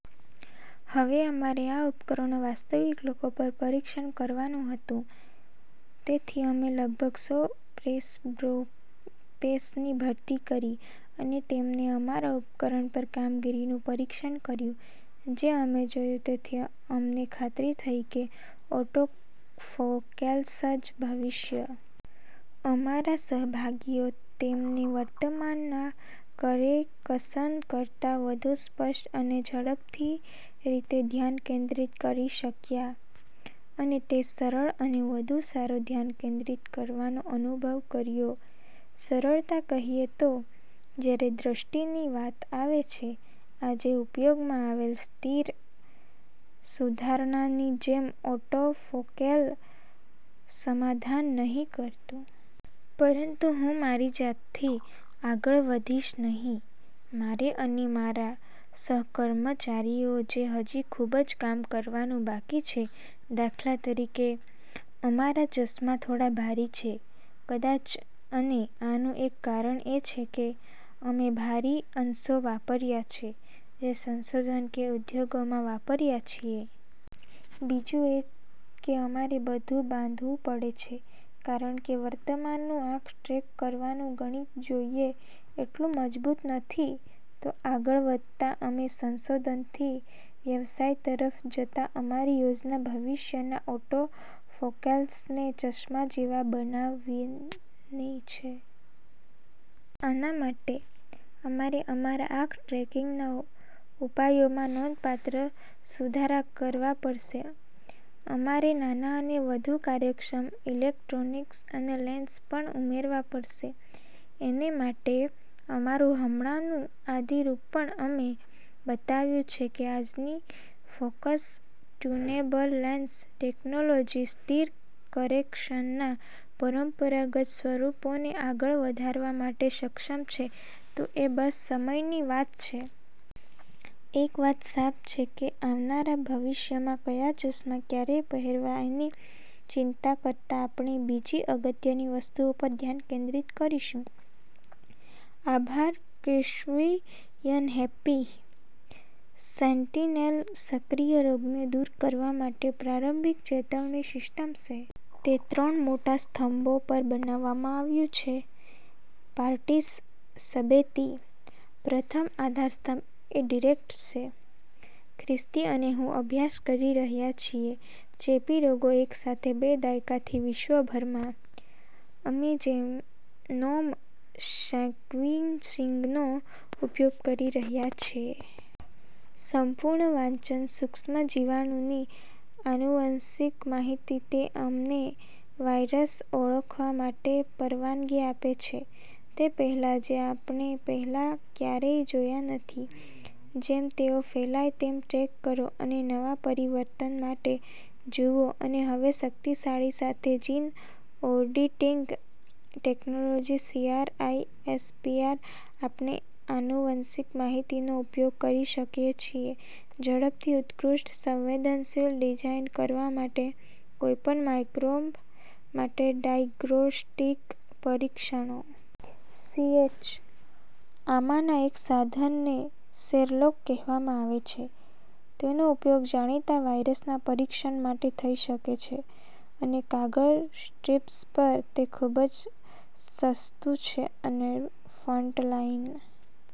હવે અમારે આ ઉપકરણો વાસ્તવિક લોકો પર પરીક્ષણ કરવાનું હતું. તેથી અમે લગભગ સો પ્રેસબ્રોપેસની ભરતી કરી અને તેમને અમારા ઉપકરણ પર કામગીરી નું પરીક્ષણ કર્યું. જે અમે જોયું તેથી અમને ખાતરી થઇ કે ઑટોફોકેલ્સ જ ભવિષ્ય. અમારા સહભાગીઓ તેમને વર્તમાન ના કરે કશન કરતા વધુ સ્પષ્ટ અને ઝડપથી રીતે ધ્યાન કેન્દ્રિત કરી શકયા. અને તે સરળ અને વધુ સારો ધ્યાન કેન્દ્રિત કરવાનો અનુભવ કરીયો. સરળતા કહીએ તો, જ્યારે દ્રષ્ટિની વાત આવે છે, આજે ઉપયોગમાં આવેલ સ્થિર સુધારણા ની જેમ ઑટોફોકેલ સમાધાન નહિ કરતુ. પરંતુ હું મારી જાતથી આગળ વધીશ નહિ. મારે અને મારા સહકર્મચારીઓ જે હજી ખુબ જ કામ કરવાનું બાકી છે. દાખલતરીકે. અમારા ચશ્મા થોડા ભારી છે? કદાચ અને આનું એક કારણ એ છે કે અમે ભારી અંશો વાપર્યા છે જે સંશોધન કે ઉદ્યોગમા વાપર્યા છીએ. બીજું એ કે અમારે બધું બાંધવું પડે છે કારણ કે વર્તમાન નું આંખ-ટ્રેક કરવાનું ગણિત જોઈએ એટલું મજબૂત નથી. તો આગળ વધતા, અમે સંશોધન થી વ્યવસાય તરફ જતા અમારી યોજના ભવિષ્ય ના ઑટોફોકેલ્સ ને ચશ્મા જેવા બનાવીની છે. આના માટે, અમારે અમારા આંખ ટ્રેકિંગ ના ઉપાયોમાં નોંધપાત્ર સુધારા કરવા પડશે. અમારે નાના અને વધુ કાર્યક્ષમ ઇલેક્ટ્રોનિક્સ અને લેન્સ પણ ઉમેરવા પડશે એને માટે, અમારું હમણાનું આદિરુપ પણ, અમે બતાવ્યું છે કે આજની ફોકસ-ટ્યુનેબલ લેન્સ ટેકનોલોજી સ્થિર કરેક્શનના પરંપરાગત સ્વરૂપોને આગળ વધારવા માટે સક્ષમ છે તો એ બસ સમય ની વાત છે. એક વાત સાફ છે કે આવનારા ભવિશ્યમાં, કયા ચશ્માં ક્યારે પહેરવા એની ચિંતા કરતા આપણે બીજી અગત્ય ની વસ્તુઓ પર ધ્યાન કેન્દ્રિત કરીશું. આભાર ક્રિશ્ચિયન હેપ્પી: સેંટિનેલ સક્રિય રોગને દૂર કરવા માટે પ્રારંભિક ચેતવણી સિસ્ટમ સે. તે ત્રણ મોટા સ્તંભો પર બનાવવામાં આવ્યું છે. પારટીસ સબેતી: પ્રથમ આધારસ્તંભ એ ડિરેક્ટ છે. ખ્રિસ્તી અને હું અભ્યાસ કરી રહ્યા છીએ ચેપી રોગો એક સાથે બે દાયકાથી વિશ્વભરમાં. અમે જેનોમ સેક્વિનસીંગનો ઉપયોગ કરી રહ્યા છીએ. સંપૂર્ણ વાંચન સૂક્ષ્મજીવાણુની આનુવંશિક માહિતી, તે અમને વાયરસ ઓળખવા માટે પરવાનગી આપે છે, તે પહેલાં જે આપણે પહેલાં ક્યારેય જોયા નથી, જેમ તેઓ ફેલાય તેમ ટ્રેક કરો અને નવા પરિવર્તન માટે જુઓ. અને હવે શક્તિશાળી સાથે જીન-ઓડિટિંગ ટેકનોલોજી સીઆરઆઈએસપીઆર, આપણે આનુવંશિક માહિતીનો ઉપયોગ કરી શકીએ છીએ ઝડપથી ઉત્કૃષ્ટ સંવેદનશીલ ડિઝાઇન કરવા માટે કોઈપણ માઇક્રોબ માટે ડાયગ્નોસ્ટિક પરીક્ષણો. સીએચ: આમાંના એક સાધનને શેરલોક કહેવામાં આવે છે. તેનો ઉપયોગ જાણીતા વાયરસના પરીક્ષણ માટે થઈ શકે છે અને કાગળ સ્ટ્રિપ્સ પર. તે ખૂબ સસ્તું છે, અને ફ્ન્ટલાઈન